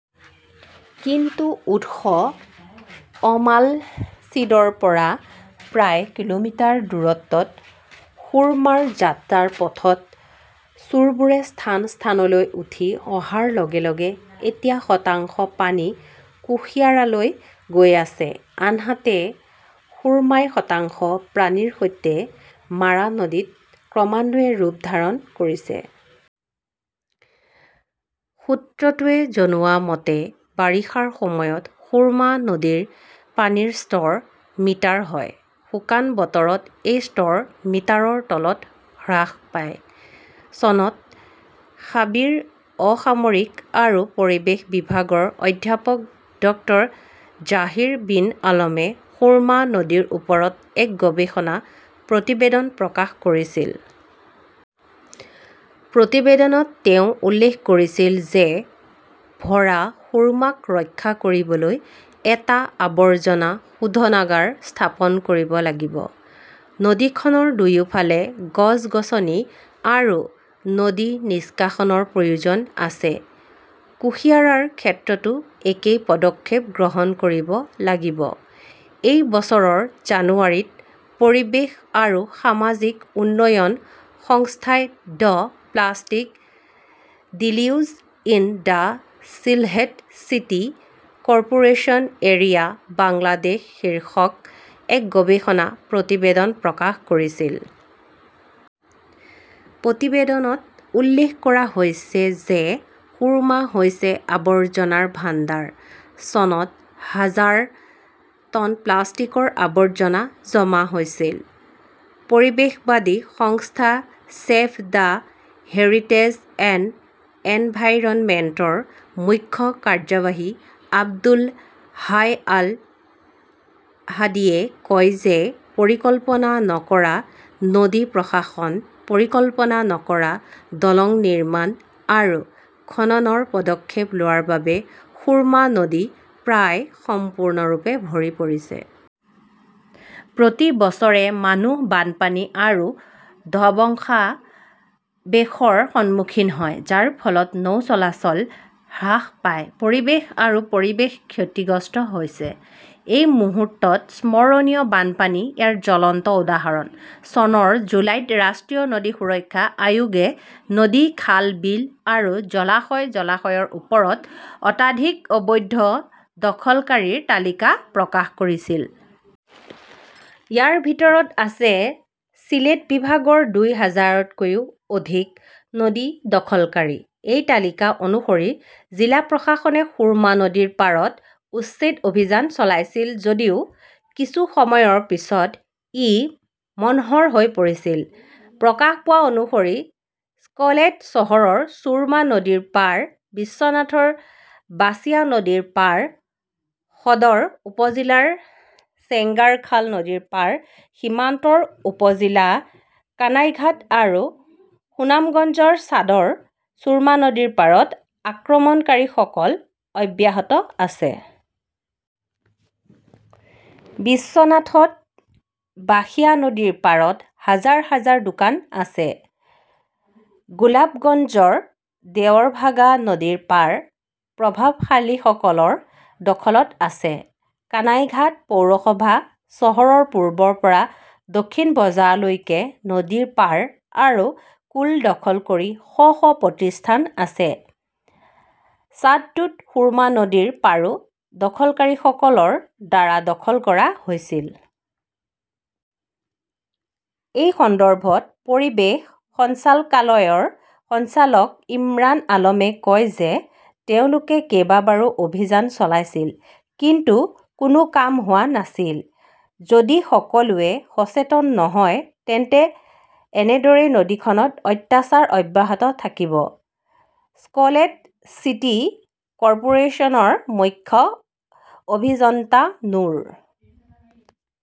কিন্তু উৎস অমালছিদৰ পৰা প্ৰায় কিলোমিটাৰ দূৰত্বত সুৰমাৰ যাত্ৰাৰ পথত চোৰবোৰে স্থান-স্থানলৈ উঠি অহাৰ লগে লগে এতিয়া শতাংশ পানী কুশিয়াৰালৈ গৈ আছে। আনহাতে সুৰ্মাই শতাংশ পানীৰ সৈতে মাৰা নদীত ক্ৰমান্বয়ে ৰূপ ধাৰণ কৰিছে। সূত্ৰটোৱে জনোৱা মতে, বাৰিষাৰ সময়ত সুৰমা নদীৰ পানীৰ স্তৰ মিটাৰ হয়। শুকান বতৰত এই স্তৰ মিটাৰৰ তলত হ্ৰাস পায়। চনত শাবিৰ অসামৰিক আৰু পৰিৱেশ বিভাগৰ অধ্যাপক ড জাহিৰ বিন আলমে সুৰমা নদীৰ ওপৰত এক গৱেষণা প্ৰতিবেদন প্ৰকাশ কৰিছিল। প্ৰতিবেদনত তেওঁ উল্লেখ কৰিছিল যে ভৰা সুৰ্মাক ৰক্ষা কৰিবলৈ এটা আৱৰ্জনা শোধনাগাৰ স্থাপন কৰিব লাগিব। নদীখনৰ দুয়োফালে গছ-গছনি আৰু নদী নিষ্কাশনৰ প্ৰয়োজন আছে। কুশিয়াৰাৰ ক্ষেত্ৰতো একেই পদক্ষেপ গ্ৰহণ কৰিব লাগিব। এই বছৰৰ জানুৱাৰীত পৰিৱেশ আৰু সামাজিক উন্নয়ন সংস্থাই "the plastic deluge in the Sylhet city corporation area, Bangladesh" শীৰ্ষক এক গৱেষণা প্ৰতিবেদন প্ৰকাশ কৰিছিল। প্ৰতিবেদনত উল্লেখ কৰা হৈছে যে সুৰ্মা হৈছে আৱৰ্জনাৰ ভাণ্ডাৰ। চনত হাজাৰ টন প্লাষ্টিকৰ আৱৰ্জনা জমা হৈছিল। পৰিৱেশবাদী সংস্থা ছেভ দ্য হেৰিটেজ এণ্ড এনভাইৰনমেণ্টৰ মুখ্য কাৰ্যবাহী আব্দুল হাই আল হাদীয়ে কয় যে পৰিকল্পনা নকৰা নদী প্ৰশাসন, পৰিকল্পনা নকৰা দলং নিৰ্মাণ আৰু খননৰ পদক্ষেপ লোৱাৰ বাবে সুৰমা নদী প্ৰায় সম্পূৰ্ণৰূপে ভৰি পৰিছে। প্ৰতি বছৰে মানুহ বানপানী আৰু ধ্বংসাৱশেষৰ সন্মুখীন হয়, যাৰ ফলত নৌ-চলাচল হ্ৰাস পায়। পৰিৱেশ আৰু পৰিৱেশ ক্ষতিগ্ৰস্ত হৈছে। এই মুহূৰ্তত স্মৰণীয় বানপানী ইয়াৰ জ্বলন্ত উদাহৰণ। চনৰ জুলাইত ৰাষ্ট্ৰীয় নদী সুৰক্ষা আয়োগে নদী, খাল-বিল আৰু জলাশয়-জলাশয়ৰ ওপৰত আধাৰিত অবৈধ দখলকাৰীৰ তালিকা প্ৰকাশ কৰিছিল। ইয়াৰ ভিতৰত আছে চিলেট বিভাগৰ দুই হাজাৰতকৈও অধিক নদী দখলকাৰী। এই তালিকা অনুসৰি জিলা প্ৰশাসনে সুৰমা নদীৰ পাৰত উচ্ছেদ অভিযান চলাইছিল যদিও কিছু সময়ৰ পিছত ই মন্থৰ হৈ পৰিছিল। প্ৰকাশ পোৱা অনুসৰি শ্বিলেট চহৰৰ ছুৰমা নদীৰ পাৰ, বিশ্বনাথৰ বাচিয়া নদীৰ পাৰ, সদৰ উপ-জিলাৰ চেঙ্গাৰখাল নদীৰ পাৰ, সীমান্তৰ উপ-জিলা কানাইঘাট আৰু সুনামগঞ্জৰ ছাদৰ চুৰমা নদীৰ পাৰত আক্ৰমণকাৰীসকল অব্যাহত আছে। বিশ্বনাথত বাসিয়া নদীৰ পাৰত হাজাৰ হাজাৰ দোকান আছে। গুলাবগঞ্জৰ দেৱৰভাগা নদীৰ পাৰ প্ৰভাৱশালীসকলৰ দখলত আছে। কানাইঘাট পৌৰসভা চহৰৰ পূবৰ পৰা দক্ষিণ বজাৰলৈকে নদীৰ পাৰ আৰু কুল দখল কৰি শ শ প্ৰতিষ্ঠান আছে। ছাদটোত সুৰমা নদীৰ পাৰো দখলকাৰীসকলৰ দ্বাৰা দখল কৰা হৈছিল। এই সন্দৰ্ভত পৰিৱেশ সঞ্চালকালয়ৰ সঞ্চালক ইমৰান আলমে কয় যে তেওঁলোকে কেইবাবাৰো অভিযান চলাইছিল। কিন্তু কোনো কাম হোৱা নাছিল। যদি সকলোৱে সচেতন নহয় তেন্তে এনেদৰেই নদীখনত অত্যাচাৰ অব্যাহত থাকিব। শ্বিলেট চিটি কৰ্পোৰেচনৰ মুখ্য অভিযন্তা নুৰ